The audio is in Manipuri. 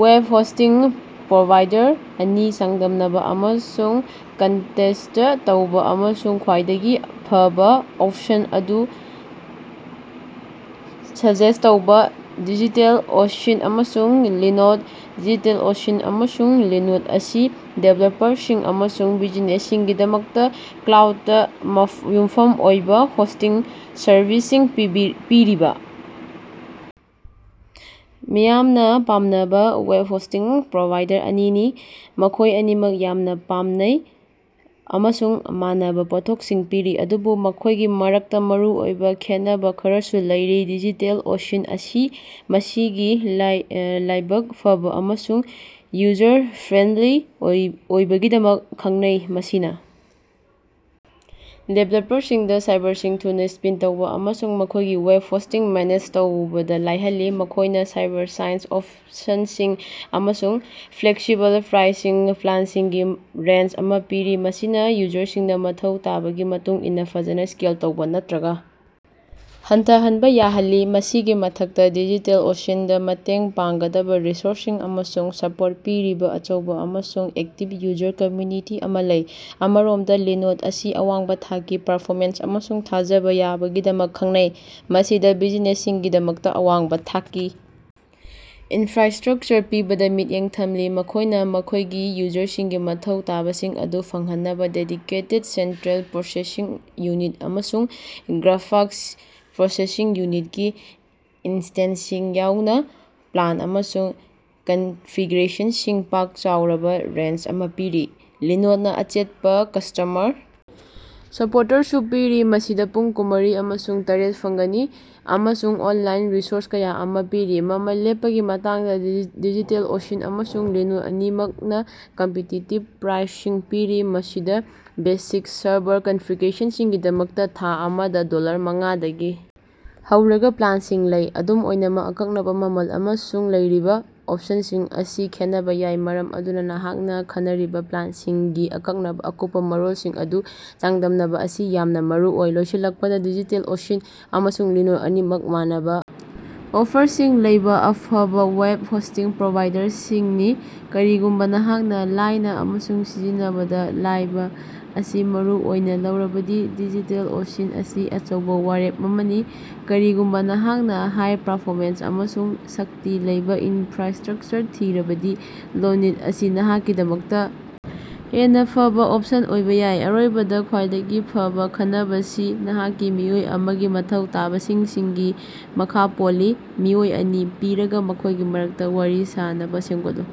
ꯋꯦꯕ ꯍꯣꯁꯇꯤꯡ ꯄ꯭ꯔꯣꯚꯥꯏꯗꯔ ꯑꯅꯤ ꯆꯥꯡꯗꯝꯅꯕ ꯑꯃꯁꯨꯡ ꯀꯟꯇꯦꯁꯇ ꯇꯧꯕ ꯑꯃꯁꯨꯡ ꯈ꯭ꯋꯥꯏꯗꯒꯤ ꯐꯕ ꯑꯣꯞꯁꯟ ꯑꯗꯨ ꯁꯖꯦꯁ ꯇꯧꯕ꯫ ꯗꯤꯖꯤꯇꯦꯜ ꯑꯣꯁꯤꯟ ꯑꯃꯁꯨꯡ ꯂꯤꯅꯣꯗ꯫ ꯗꯤꯖꯤꯇꯦꯜ ꯑꯣꯁꯤꯟ ꯑꯃꯁꯨꯡ ꯂꯤꯅꯣꯗ ꯑꯁꯤ ꯗꯤꯕꯦꯂꯞꯄꯔꯁꯤꯡ ꯑꯃꯁꯨꯡ ꯕꯤꯖꯤꯅꯦꯁꯁꯤꯡꯒꯤꯗꯃꯛꯇ ꯀ꯭ꯂꯥꯎꯗꯇꯥ ꯌꯨꯝꯐꯝ ꯑꯣꯏꯕ ꯍꯣꯁꯇꯤꯡ ꯁꯔꯕꯤꯁꯁꯤꯡ ꯄꯤꯔꯤꯕ ꯃꯤꯌꯥꯝꯅ ꯄꯥꯝꯅꯕ ꯋꯦꯕ ꯍꯣꯁꯇꯤꯡ ꯄ꯭ꯔꯣꯚꯥꯏꯗꯔ ꯑꯅꯤꯅꯤ꯫ ꯃꯈꯣꯏ ꯑꯅꯤꯃꯛ ꯌꯥꯝꯅꯥ ꯄꯥꯝꯅꯩ ꯑꯃꯁꯨꯡ ꯃꯥꯟꯅꯕꯥ ꯄꯣꯠꯊꯣꯛꯁꯤꯡ ꯄꯤꯔꯤ, ꯑꯗꯨꯕꯨ ꯃꯈꯣꯏꯒꯤ ꯃꯔꯛꯇ ꯃꯔꯨꯑꯣꯏꯕ ꯈꯦꯠꯅꯕ ꯈꯔꯁꯨ ꯂꯩꯔꯤ꯫ ꯗꯤꯖꯤꯇꯦꯜ ꯑꯣꯁꯤꯟ ꯑꯁꯤ ꯃꯁꯤꯒꯤ ꯂꯥꯏꯕꯛ ꯐꯕ ꯑꯃꯁꯨꯡ ꯌꯨꯖꯔ ꯐ꯭ꯔꯦꯟꯗꯂꯤ ꯑꯣꯏꯕꯒꯤꯗꯃꯛ ꯈꯪꯅꯩ, ꯃꯁꯤꯅꯥ ꯗꯤꯕꯦꯂꯄꯔꯁꯤꯡꯗꯥ ꯁꯔꯚꯔꯁꯤꯡ ꯊꯨꯅ ꯁ꯭ꯄꯤꯟ ꯇꯧꯕ ꯑꯃꯁꯨꯡ ꯃꯈꯣꯏꯒꯤ ꯋꯦꯕ ꯍꯣꯁꯇꯤꯡ ꯃꯦꯅꯦꯖ ꯇꯧꯕꯗ ꯂꯥꯏꯍꯜꯂꯤ꯫ ꯃꯈꯣꯏꯅ ꯁꯔꯚꯔ ꯁꯥꯏꯖ ꯑꯣꯞꯁꯟꯁꯤꯡ ꯑꯃꯁꯨꯡ ꯐ꯭ꯂꯦꯛꯁꯤꯕꯜ ꯄ꯭ꯔꯥꯏꯁꯤꯡ ꯄ꯭ꯂꯥꯟꯁꯤꯡꯒꯤ ꯔꯦꯟꯖ ꯑꯃ ꯄꯤꯔꯤ, ꯃꯁꯤꯅꯥ ꯌꯨꯖꯔꯁꯤꯡꯅ ꯃꯊꯧ ꯇꯥꯕꯒꯤ ꯃꯇꯨꯡ ꯏꯟꯅ ꯐꯖꯅ ꯁ꯭ꯀꯦꯜ ꯇꯧꯕ ꯅꯠꯇ꯭ꯔꯒ ꯍꯟꯊꯍꯟꯕ ꯌꯥꯍꯜꯂꯤ꯫ ꯃꯁꯤꯒꯤ ꯃꯊꯛꯇꯥ, ꯗꯤꯖꯤꯇꯦꯜ ꯑꯣꯁꯤꯟꯗ ꯃꯇꯦꯡ ꯄꯥꯡꯒꯗꯕ ꯔꯤꯁꯣꯔꯁꯁꯤꯡ ꯑꯃꯁꯨꯡ ꯁꯄꯣꯔꯠ ꯄꯤꯔꯤꯕꯥ ꯑꯆꯧꯕ ꯑꯃꯁꯨꯡ ꯑꯦꯛꯇꯤꯕ ꯌꯨꯖꯔ ꯀꯝꯃ꯭ꯌꯨꯅꯤꯇꯤ ꯑꯃ ꯂꯩ꯫ ꯑꯃꯔꯣꯃꯗ, ꯂꯤꯅꯣꯗ ꯑꯁꯤ ꯑꯋꯥꯡꯕꯥ ꯊꯥꯛꯀꯤ ꯄꯔꯐꯣꯃꯦꯟꯁ ꯑꯃꯁꯨꯡ ꯊꯥꯖꯕ ꯌꯥꯕꯒꯤꯗꯃꯛ ꯈꯪꯅꯩ꯫ ꯃꯁꯤꯗ ꯕꯤꯖꯤꯅꯦꯁꯁꯤꯡꯒꯤꯗꯃꯛꯇꯥ ꯑꯋꯥꯡꯕꯥ ꯊꯥꯛꯀꯤ ꯏꯅꯐ꯭ꯔꯥꯁ꯭ꯇꯔꯛꯆꯔ ꯄꯤꯕꯗ ꯃꯤꯠꯌꯦꯡ ꯊꯝꯂꯤ꯫ ꯃꯈꯣꯏꯅ ꯃꯈꯣꯏꯒꯤ ꯌꯨꯖꯔꯁꯤꯡꯒꯤ ꯃꯊꯧ ꯇꯥꯕꯁꯤꯡ ꯑꯗꯨ ꯐꯪꯍꯟꯅꯕ ꯗꯦꯗꯤꯀꯦꯇꯦꯗ ꯁꯦꯟꯇ꯭ꯔꯦꯜ ꯄ꯭ꯔꯣꯁꯦꯁꯤꯡ ꯎꯅꯤꯠ ꯑꯃꯁꯨꯡ ꯒ꯭ꯔꯥꯐꯥꯛꯁ ꯄ꯭ꯔꯣꯁꯦꯁꯤꯡ ꯎꯅꯤꯠ ꯒꯤ ꯏꯟꯁꯇꯦꯟꯁꯁꯤꯡ ꯌꯥꯎꯅ ꯄ꯭ꯂꯥꯟ ꯑꯃꯁꯨꯡ ꯀꯟꯐꯤꯒ꯭ꯔꯦꯁꯟꯁꯤꯡꯒꯤ ꯄꯥꯛ ꯆꯥꯎꯔꯕꯥ ꯔꯦꯟꯖ ꯑꯃ ꯄꯤꯔꯤ꯫ ꯂꯤꯅꯣꯗꯅꯥ ꯑꯆꯦꯠꯄ ꯀꯁ꯭ꯇꯃꯔ ꯁꯄꯣꯔꯇꯁꯨ ꯄꯤꯔꯤ, ꯃꯁꯤꯗꯥ ꯄꯨꯡ ꯀꯨꯟꯃꯔꯤ ꯑꯃꯁꯨꯡ ꯇꯔꯦꯠ ꯐꯪꯒꯅꯤ ꯑꯃꯁꯨꯡ ꯑꯣꯟꯂꯥꯏꯟ ꯔꯤꯁꯣꯔꯁ ꯀꯌꯥ ꯑꯃ ꯄꯤꯔꯤ꯫ ꯃꯃꯜ ꯂꯦꯞꯄꯒꯤ ꯃꯇꯥꯡꯗ, ꯗꯤꯖꯤꯇꯦꯜ ꯑꯣꯁꯤꯟ ꯑꯃꯁꯨꯡ ꯂꯤꯅꯣꯗ ꯑꯅꯤꯃꯛꯅꯥ ꯀꯝꯄꯤꯇꯤꯇꯤꯕ ꯄ꯭ꯔꯥꯏꯁꯤꯡ ꯄꯤꯔꯤ, ꯃꯁꯤꯗꯥ ꯕꯦꯁꯤꯛ ꯁꯔꯚꯔ ꯀꯟꯐꯤꯒ꯭ꯔꯦꯁꯟꯁꯤꯡꯒꯤꯗꯃꯛꯇꯥ ꯊꯥ ꯑꯃꯗꯥ ꯗꯣꯂꯔ ꯃꯉꯥꯗꯒꯤ ꯍꯧꯔꯒ ꯄ꯭ꯂꯥꯟꯁꯤꯡ ꯂꯩ꯫ ꯑꯗꯨꯝ ꯑꯣꯏꯅꯃꯛ, ꯑꯀꯛꯅꯕ ꯃꯃꯜ ꯑꯃꯁꯨꯡ ꯂꯩꯔꯤꯕꯥ ꯑꯣꯞꯁꯟꯁꯤꯡ ꯑꯁꯤ ꯈꯦꯠꯅꯕ ꯌꯥꯏ, ꯃꯔꯝ ꯑꯗꯨꯅ ꯅꯍꯥꯛꯅ ꯈꯟꯅꯔꯤꯕ ꯄ꯭ꯂꯥꯟꯁꯤꯡꯒꯤ ꯑꯀꯛꯅꯕ ꯑꯀꯨꯞꯄ ꯃꯔꯣꯜꯁꯤꯡ ꯑꯗꯨ ꯆꯥꯡꯗꯝꯅꯕ ꯑꯁꯤ ꯌꯥꯝꯅꯥ ꯃꯔꯨꯑꯣꯏ꯫ ꯂꯣꯏꯁꯤꯜꯂꯛꯄꯗ, ꯗꯤꯖꯤꯇꯦꯜ ꯑꯣꯁꯤꯟ ꯑꯃꯁꯨꯡ ꯂꯤꯅꯣꯗ ꯑꯅꯤꯃꯛ ꯃꯥꯟꯅꯕ ꯑꯣꯐꯔꯁꯤꯡ ꯂꯩꯕ ꯑꯐꯕꯥ ꯋꯦꯕ ꯍꯣꯁꯇꯤꯡ ꯄ꯭ꯔꯣꯚꯥꯏꯗꯔꯁꯤꯡꯅꯤ꯫ ꯀꯔꯤꯒꯨꯝꯕ ꯅꯍꯥꯛꯅ ꯂꯥꯏꯅ ꯑꯃꯁꯨꯡ ꯁꯤꯖꯤꯟꯅꯕꯗ ꯂꯥꯏꯕ ꯑꯁꯤ ꯃꯔꯨ ꯑꯣꯏꯅ ꯂꯧꯔꯕꯗꯤ ꯗꯤꯖꯤꯇꯦꯜ ꯑꯣꯁꯤꯟ ꯑꯁꯤ ꯑꯆꯧꯕ ꯋꯥꯔꯦꯞ ꯑꯃꯅꯤ꯫ ꯀꯔꯤꯒꯨꯝꯕ ꯅꯍꯥꯛꯅ ꯍꯥꯏ-ꯄꯥꯔꯐꯣꯔꯃꯦꯟꯁ ꯑꯃꯁꯨꯡ ꯁꯛꯇꯤ ꯂꯩꯕ ꯏꯟꯐ꯭ꯔꯥꯁꯇ꯭ꯔꯛꯆꯔ ꯊꯤꯔꯕꯗꯤ, ꯂꯤꯅꯣꯗ ꯑꯁꯤ ꯅꯍꯥꯛꯀꯤꯗꯃꯛꯇ ꯍꯦꯟꯅꯥ ꯐꯕ ꯑꯣꯞꯁꯟ ꯑꯣꯏꯕ ꯌꯥꯏ꯫ ꯑꯔꯣꯏꯕꯗ, ꯈ꯭ꯋꯥꯏꯗꯒꯤ ꯐꯕ ꯈꯟꯅꯕꯁꯤ ꯅꯍꯥꯛꯀꯤ ꯃꯤꯑꯣꯏ ꯑꯃꯒꯤ ꯃꯊꯧ ꯇꯥꯕꯁꯤꯡ ꯁꯤꯡꯒꯤ ꯃꯈꯥ ꯄꯣꯜꯂꯤ꯫ ꯃꯤꯑꯣꯏ ꯑꯅꯤ ꯄꯤꯔꯒꯥ ꯃꯈꯣꯏꯒꯤ ꯃꯔꯛꯇ ꯋꯥꯔꯤ ꯁꯥꯅꯕ ꯁꯦꯝꯒꯠꯂꯨ꯫